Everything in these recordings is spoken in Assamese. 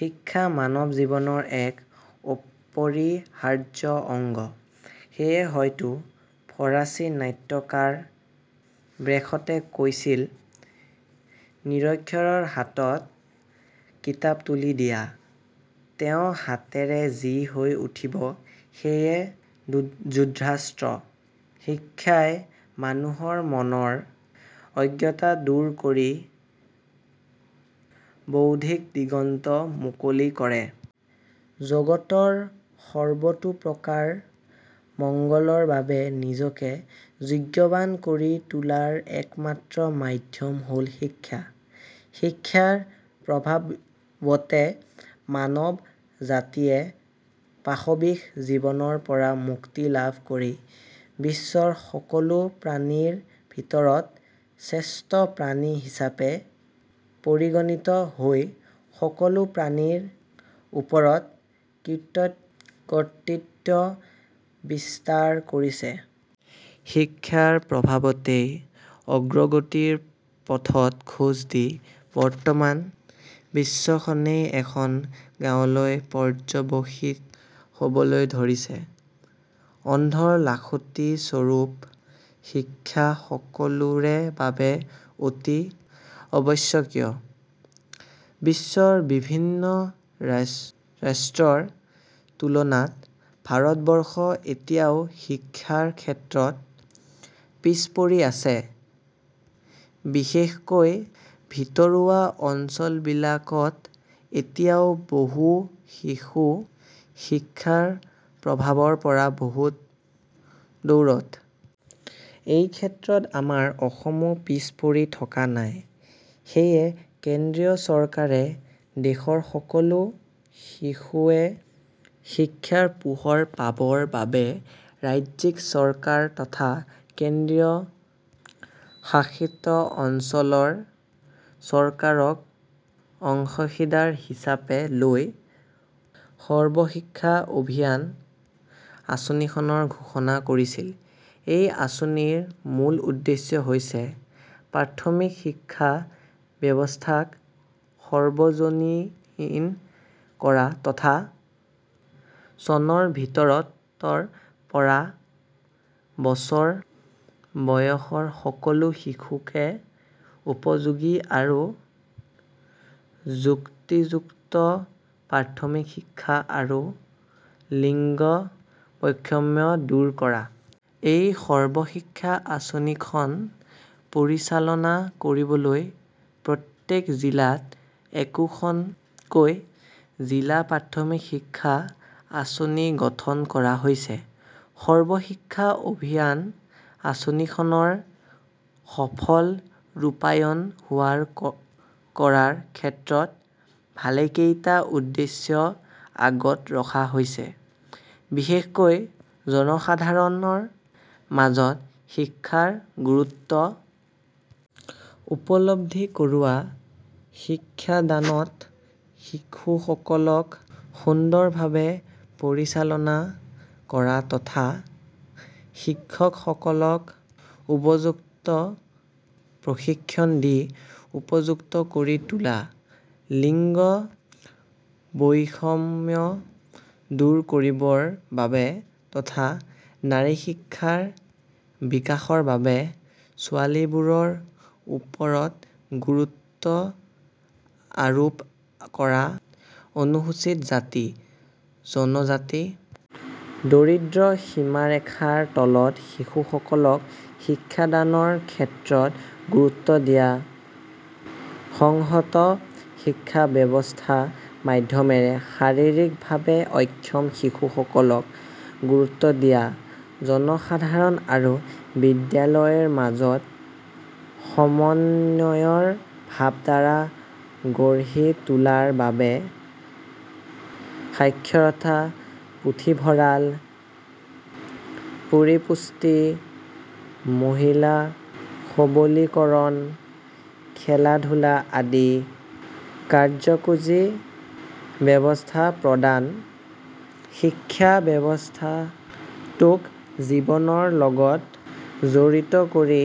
শিক্ষা মানৱ জীৱনৰ এক অপৰিহাৰ্য অংগ। সেয়ে হয়তো ফৰাচী নাট্যকাৰ ব্ৰেখটে কৈছিল, "নিৰক্ষৰৰ হাতত কিতাপ তুলি দিয়া, তেওঁ হাতেৰে যি হৈ উঠিব, সিয়ে যুদ্ধাস্ত্ৰ৷' শিক্ষাই মানুহৰ মনৰ অজ্ঞতা দূৰ কৰি বৌদ্ধিক দিগন্ত মুকলি কৰে। জগতৰ সৰ্বতোপ্ৰকাৰ মংগলৰ বাবে নিজকে যোগ্যৱান কৰি তোলাৰ একমাত্ৰ মাধ্যম হ'ল শিক্ষা। শিক্ষাৰ প্ৰভাৱতে মানৱ জাতিয়ে পাশৱিক জীৱনৰ পৰা মুক্তি লাভ কৰি বিশ্বৰ সকলো প্ৰাণীৰ ভিতৰত শ্ৰেষ্ঠ প্ৰাণী হিচাপে পৰিগণিত হৈ সকলো প্ৰাণীৰ ওপৰত কৰ্তৃত্ব বিস্তাৰ কৰিছে। শিক্ষাৰ প্ৰভাৱতেই অগ্ৰগতিৰ পথত খোজ দি বৰ্তমান বিশ্বখনেই এখন গাঁৱলৈ পৰ্যৱসিত হ'বলৈ ধৰিছে। অন্ধৰ লাখুটিস্বৰূপ শিক্ষা সকলোৰে বাবে অতি আৱশ্যকীয়। বিশ্বৰ বিভিন্ন ৰাষ্ট্ৰৰ তুলনাত ভাৰতবৰ্ষ এতিয়াও শিক্ষাৰ ক্ষেত্ৰত পিছপৰি আছে। বিশেষকৈ ভিতৰুৱা অঞ্চলবিলাকত এতিয়াও বহু শিশু শিক্ষাৰ প্ৰভাৱৰ পৰা বহু দূৰৈত। এইক্ষেত্ৰত আমাৰ অসমো পিছপৰি থকা নাই ৷ সেয়ে কেন্দ্ৰীয় চৰকাৰে দেশৰ সকলো শিশুৱে শিক্ষাৰ পোহৰ পাবৰ বাবে ৰাজ্যিক চৰকাৰ তথা কেন্দ্ৰীয়শাসিত অঞ্চলৰ চৰকাৰক অংশীদাৰ হিচাপে লৈ 'সৰ্বশিক্ষা অভিযান আঁচনিখনৰ ঘোষণা কৰিছিল। এই আঁচনিৰ মূল উদ্দেশ্য হৈছে- প্ৰাথমিক শিক্ষা ব্যৱস্থাক সাৰ্বজনীন কৰা তথা চনৰ ভিতৰত ৰ পৰা বছৰ বয়সৰ সকলো শিশুকে উপযোগী আৰু যুক্তিযুক্ত প্ৰাথমিক শিক্ষা আৰু লিংগ বৈষম্য দূৰ কৰা। এই সৰ্বশিক্ষা আঁচনিখন পৰিচালনা কৰিবলৈ প্ৰত্যেক জিলাত একোখনকৈ জিলা প্ৰাথমিক শিক্ষা আঁচনি গঠন কৰা হৈছে। সৰ্বশিক্ষা অভিযান আঁচনিখনৰ সফল ৰূপায়ণ হোৱাৰ কৰাৰ ক্ষেত্ৰত ভালেকেইটা উদ্দেশ্য আগত ৰখা হৈছে। বিশেষকৈ জনসাধাৰণৰ মাজত শিক্ষাৰ গুৰুত্ব উপলব্ধি কৰোৱা, শিক্ষাদানত শিশুসকলক সুন্দৰভাৱে পৰিচালনা কৰা তথা শিক্ষকসকলক উপযুক্ত প্ৰশিক্ষণ দি উপযুক্ত কৰি তোলা, লিংগ বৈষম্য দূৰ কৰিবৰ বাবে তথা নাৰী শিক্ষাৰ বিকাশৰ বাবে ছোৱালীবোৰৰ ওপৰত গুৰুত্ব আৰোপ কৰা, অনুসূচিত জাতি, জনজাতি, দৰিদ্ৰ সীমাৰেখাৰ তলৰ শিশুসকলক শিক্ষাদানৰ ক্ষেত্ৰত গুৰুত্ব দিয়া, সংহত শিক্ষা ব্যৱস্থাৰ মাধ্যমৰে শাৰীৰিকভাৱে অক্ষম শিশুসকলক গুৰুত্ব দিয়া, জনসাধাৰণ আৰু বিদ্যালয়ৰ মাজত সমন্বয়ৰ ভাবধাৰা গঢ়ি তোলাৰ বাবে সাক্ষৰতা, পুথিভঁৰাল, পৰিপুষ্টি; মহিলা সবলীকৰণ, খেলা-ধূলা আদি কাৰ্যসূচীৰ ব্যৱস্থা প্ৰদান, শিক্ষা ব্যৱস্থাটোক জীৱনৰ লগত জড়িত কৰি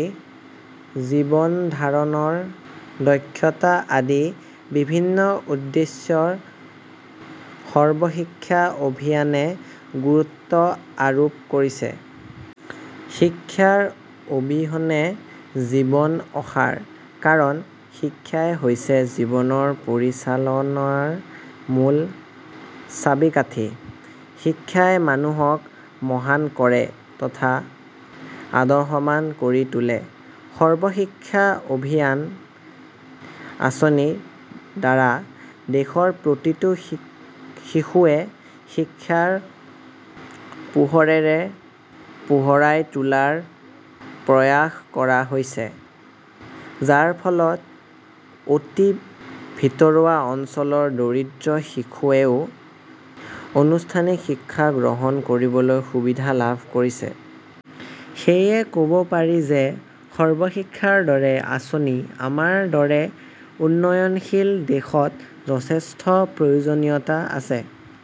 জীৱনধাৰণৰ দক্ষতা আদি বিভিন্ন উদ্দেশ্য সৰ্বশিক্ষা অভিযানে গুৰুত্ব আৰোপ কৰিছে। শিক্ষাৰ অবিহনে জীৱন অসাৰ। কাৰণ শিক্ষাই হৈছে জীৱন পৰিচালনাৰ মূল ছাবি-কাঠী। শিক্ষাই মানুহক মহান কৰে তথা আদৰ্শৱান কৰি তোলে। সৰ্বশিক্ষা অভিযান আঁচনিৰ দ্বাৰা দেশৰ প্ৰতিটো শিশুকে শিক্ষাৰ পোহৰেৰে পোহৰাই তোলাৰ প্ৰয়াস কৰা হৈছে, যাৰফলত অতি ভিতৰুৱা অঞ্চলৰ দৰিদ্ৰ শিশুৱেও আনুষ্ঠানিক শিক্ষা গ্ৰহণ কৰিবলৈ সুবিধা লাভ কৰিছে। সেয়ে ক'ব পাৰি যে সৰ্বশিক্ষাৰ দৰে আঁচনি আমাৰ দৰে উন্নয়নশীল দেশত যথেষ্ট প্ৰয়োজনীয়তা আছে।